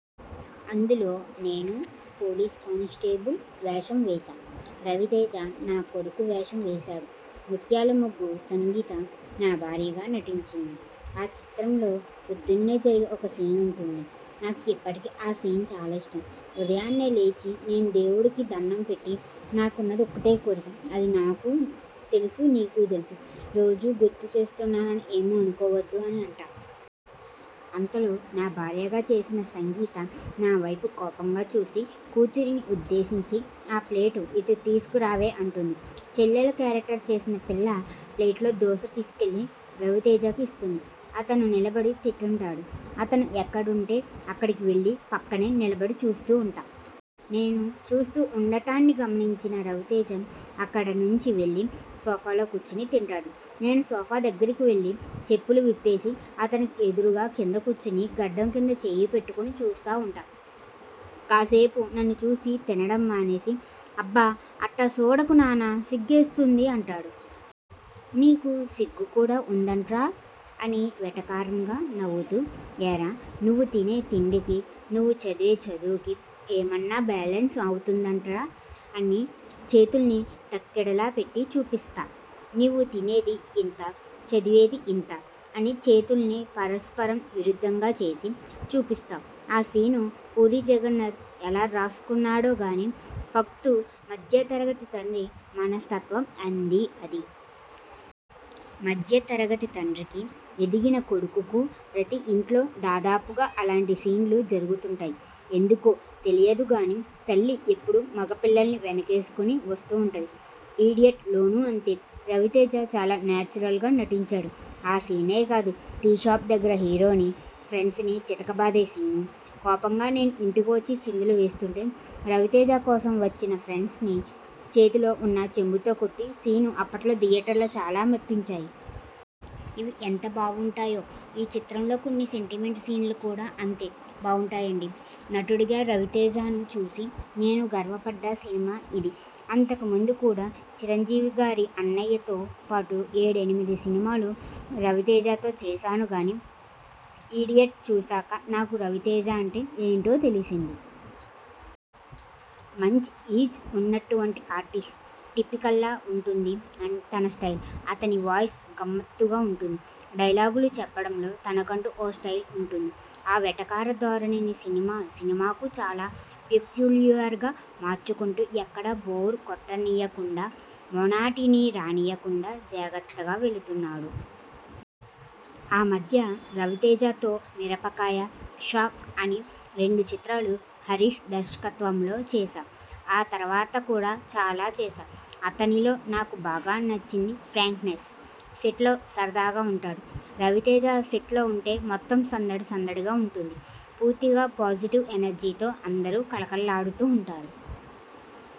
అందులో నేను police constable వేషం వేశా. రవితేజ నా కొడుకు వేషం వేశాడు. 'ముత్యాలముగ్గు' సంగీత నా భార్యగా నటించింది. ఆ చిత్రంలో పొద్దున్నే జరిగే ఒక సీన్ ఉంటుంది. నాకు ఇప్పటికీ ఆ సీన్ చాలా ఇష్టం. ఉదయాన్నే లేచి నేను దేవుడికి దణ్ణం పెట్టి 'నాకున్నది ఒకటే కోరిక అది నాకూ తెలుసు నీకూ తెలుసు రోజూ గుర్తుచేస్తున్నానని ఏమీ అనుకోవద్దు' అని అంటా. అంతలో నా భార్యగా చేసిన సంగీత నావైపు కోపంగా చూసి కూతురిని ఉద్దేశించి 'ఆ ప్లేట్ ఇటు తీసుకురావే' అంటుంది. చెల్లెలు కేరక్టర్ చేసిన పిల్ల ప్లేటులో దోశ తీసుకెళ్ళి రవితేజకు ఇస్తుంది. అతను నిలబడి తింటుంటాడు. అతను ఎక్కడుంటే అక్కడికి వెళ్ళి పక్కనే నిలబడి చూస్తూ ఉంటా. నేను చూస్తూ ఉండటాన్ని గమనించిన రవితేజ అక్కడినుంచి వెళ్ళి సోఫాలో కూర్చుని తింటాడు. నేను సోఫా దగ్గరకువెళ్ళి చెప్పులు విప్పేసి, అతనికి ఎదురుగా కింద కూర్చుని గడ్డం కింద చేయి పెట్టుకుని చూస్తా ఉంటా. కాసేపు నన్ను చూసి తినడం మానేసి 'అబ్బా అట్టా సూడకు నాన్నా సిగ్గేస్తుంది' అంటాడు. 'నీకు సిగ్గు కూడా ఉందంట్రా ' అని వెటకారంగా నవ్వుతూ 'ఏరా నువ్వు తినే తిండికి, నువ్వు చదివే చదువుకీ ఏమన్నా బ్యాలన్స్ అవుతుందంట్రా 'అని చేతుల్ని తక్కెడలా పెట్టి చూపిస్తా. 'నువ్వు తినేది ఇంత చదివేది ఇంత' అని చేతుల్ని పరస్పరం విరుద్ధంగా చేసి చూపిస్తా ఆ సీన్ పూరి జగన్నాథ్ ఎలా రాసుకున్నాడోగానీ, ఫక్తు మధ్యతరగతి తండ్రి మనస్తత్వం అండీ అదీ. మధ్యతరగతి తండ్రికి, ఎదిగిన కొడుకుకు ప్రతి ఇంట్లో దాదాపుగా అలాంటి సీన్లు జరుగుతుంటాయి. ఎందుకో తెలియదుగానీ తల్లి ఎప్పుడూ మగపిల్లల్ని వెనకేసుకుని వస్తుంటుంది. 'ఇడియట్' లోనూ అంతే. రవితేజ చాలా నేచురల్గా నటించాడు. ఆ సీనే కాదు, టీ షాప్ దగ్గర హీరోని, ఫ్రెండ్స్ ని చితకబాదే సీను, కోపంగా నేను ఇంటికి వచ్చి చిందులు వేస్తుంటే రవితేజ కోసం వచ్చిన ఫ్రెండ్ని చేతిలో ఉన్న చెంబుతో కొట్టే సీను అప్పట్లో థియేటర్లలో చాలా మెప్పించాయి. ఇవి ఎంత బావుంటాయో ఈ చిత్రంలో కొన్ని సెంటిమెంట్ సీన్లు కూడా అంతే బావుంటాయండీ. నటుడిగా రవితేజను చూసి నేను గర్వపడ్డ సినిమా ఇది. అంతకు ముందు కూడా చిరంజీవిగారి 'అన్నయ్య' తో పాటు ఏడెనిమిది సినిమాలు రవితేజతో చేశాను కానీ 'ఇడియట్' చూశాక నాకు రవితేజ అంటే ఏంటో తెలిసింది. మంచి ఈజ్ ఉన్నటువంటి ఆర్టిస్ట్. టిపికల్గా ఉంటుంది తన స్టైల్. అతని వాయిస్ గమ్మత్తుగా ఉంటుంది. డైలాగులు చెప్పడంలో తనకంటూ ఓ స్టైల్ ఉంటుంది. ఆ వెటకార ధోరణిని సినిమా సినిమాకూ చాలా పెక్యూలియర్గా మార్చుకుంటూ ఎక్కడా బోర్ కొట్టనీయకుండా, మొనాటనీ రానీయకుండా జాగ్రత్తగా వెళ్తున్నాడు. ఆ మధ్య రవితేజతో 'మిరపకాయ', 'షాక్' అని రెండు చిత్రాలు హరీశ్ దర్శకత్వంలో చేశా. ఆ తర్వాత కూడా చాలా చేశా. అతనిలో నాకు బాగా నచ్చింది ఫ్రాంక్నెస్. సెట్లో సరదాగా ఉంటాడు. రవితేజ సెట్లో ఉంటే మొత్తం సందడి సందడిగా ఉంటుంది. పూర్తిగా పాజిటివ్ ఎనర్జీ తో అందరూ కళకళలాడుతుంటారు.